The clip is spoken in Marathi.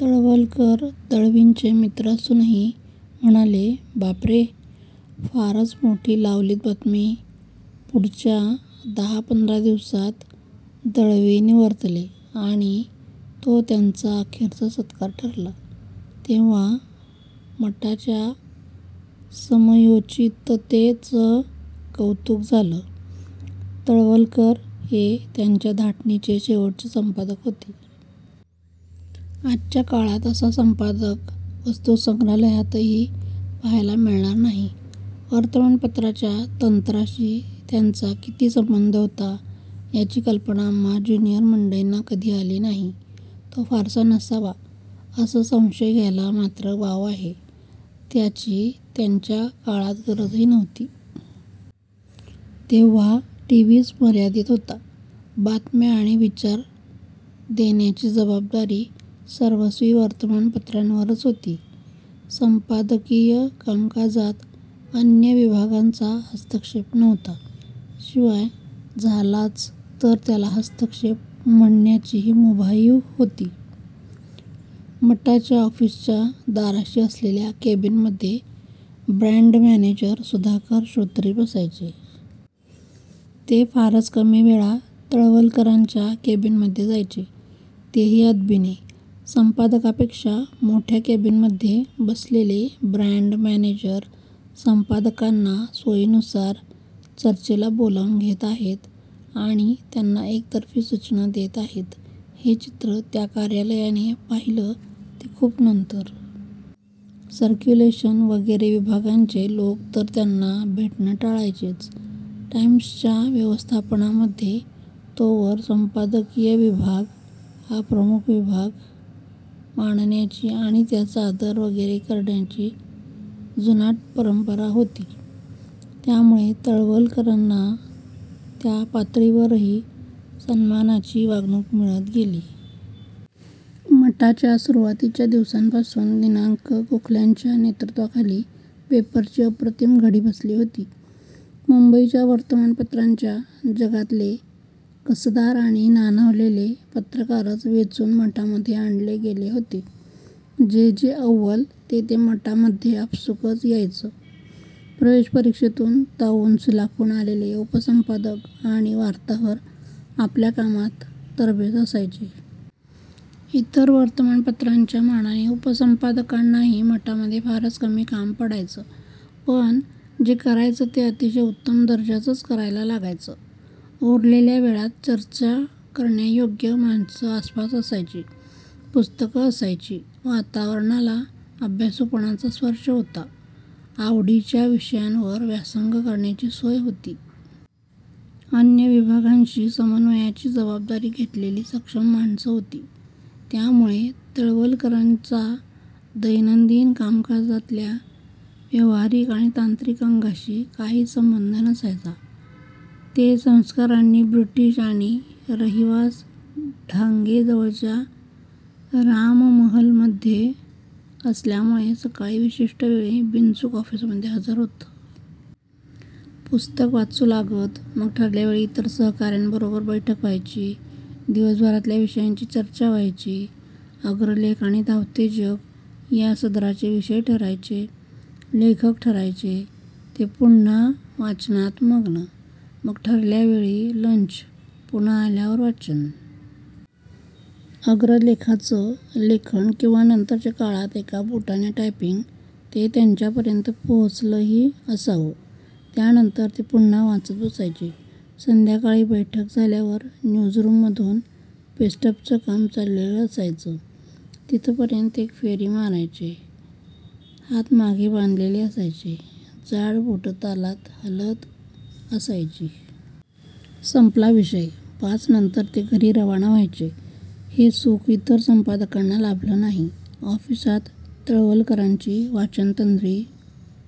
तळवलकर दळवींचे मित्र असूनही म्हणाले, बापरे, फारच मोठी लावलीत बातमी. पुढच्या दहा-पंधरा दिवसांत दळवी निवर्तले आणि तो त्यांचा अखेरचा सत्कार ठरला. तेव्हा मटाच्या समयोचिततेचं कौतुक झालं. तळवलकर हे त्यांच्या धाटणीचे शेवटचे संपादक होते. आजच्या काळात असा संपादक वस्तुसंग्रहालयातही पाहायला मिळणार नाही. वर्तमानपत्राच्या तंत्राशी त्यांचा किती संबंध होता, याची कल्पना आम्हा ज्युनियर मंडळींना कधी आली नाही. तो फारसा नसावा, असा संशय घ्यायला मात्र वाव आहे. त्याची त्यांच्या काळात गरजही नव्हती. तेव्हा टीव्हीच मर्यादित होता. बातम्या आणि विचार देण्याची जबाबदारी सर्वस्वी वर्तमानपत्रांवरच होती. संपादकीय कामकाजात अन्य विभागांचा हस्तक्षेप नव्हता, शिवाय झालाच तर त्याला हस्तक्षेप म्हणण्याची मुभाही होती. मटाच्या ऑफिसच्या दाराशी असलेल्या केबिनमध्ये ब्रँड मॅनेजर सुधाकर श्रोत्री बसायचे. ते फारच कमी वेळा तळवलकरांच्या केबिनमध्ये जायचे. तेही अदबीने. संपादकापेक्षा मोठ्या केबिनमध्ये बसलेले ब्रँड मॅनेजर संपादकांना सोयीनुसार चर्चेला बोलावून घेत आहेत आणि त्यांना एकतर्फी सूचना देत आहेत, हे चित्र त्या कार्यालयाने पाहिलं ते खूप नंतर. सर्क्युलेशन वगैरे विभागांचे लोक तर त्यांना भेटणं टाळायचेच. टाइम्सच्या व्यवस्थापनामध्ये तोवर संपादकीय विभाग हा प्रमुख विभाग मानण्याची आणि त्याचा आदर वगैरे करण्याची जुनाट परंपरा होती. त्यामुळे तळवलकरांना त्या पातळीवरही सन्मानाची वागणूक मिळत गेली. मटाच्या सुरुवातीच्या दिवसांपासूनच दि. गोखल्यांच्या नेतृत्वाखाली पेपरची अप्रतिम घडी बसली होती. मुंबईच्या वर्तमानपत्रांच्या जगातले कसदार आणि नाणावलेले पत्रकारच वेचून मटामध्ये आणले गेले होते. जे जे अव्वल ते ते मटामध्ये आपसूक यायचं. प्रवेशपरीक्षेतून तावून सुलाखून आलेले उपसंपादक आणि वार्ताहर आपल्या कामात तरबेज असायचे. इतर वर्तमानपत्रांच्या मानाने उपसंपादकांनाही मटामध्ये फारच कमी काम पडायचं. पण, जे करायचं ते अतिशय उत्तम दर्जाचंच करायला लागायचं. उरलेल्या वेळात चर्चा करण्यायोग्य माणसं आसपास असायची, पुस्तकं असायची, वातावरणाला अभ्यासूपणाचा स्पर्श होता. आवडीच्या विषयांवर व्यासंग करण्याची सोय होती. अन्य विभागांशी समन्वयाची जबाबदारी घेतलेली सक्षम माणसं होती. त्यामुळे, तळवलकरांचा दैनंदिन कामकाजातल्या व्यावहारिक आणि तांत्रिक अंगांशी काहीच संबंध नसायचा. ते संस्कारांनी ब्रिटिश आणि रहिवास ढांगेजवळच्या राममहलमध्ये असल्यामुळे सकाळी विशिष्ट वेळी बिनचूक ऑफिसमध्ये हजर होत. पुस्तक वाचू लागत. मग ठरल्या वेळी इतर सहकाऱ्यांबरोबर बैठक व्हायची, दिवसभरातल्या विषयांची चर्चा व्हायची. अग्रलेख आणि धावते जग या सदराचे विषय ठरायचे, लेखक ठरायचे, ते पुन्हा वाचनात मग्न. मग ठरल्या वेळी लंच. पुन्हा आल्यावर वाचन. अग्रलेखाचं लेखन किंवा नंतरच्या काळात एका बोटाने टायपिंग. ते त्यांच्यापर्यंत पोहोचलंही असावं. त्यानंतर ते पुन्हा वाचत बसायचे. संध्याकाळी बैठक झाल्यावर न्यूजरूममधून पेस्टअपचं काम चाललेलं असायचं तिथपर्यंत एक फेरी मारायचे. हात मागे बांधलेले असायचे, जाड बोटं तालात हलत असायची. संपला विषय. पाचनंतर ते घरी रवाना व्हायचे. हे सुख इतर संपादकांना लाभलं नाही. ऑफिसात तळवलकरांची वाचनतंद्री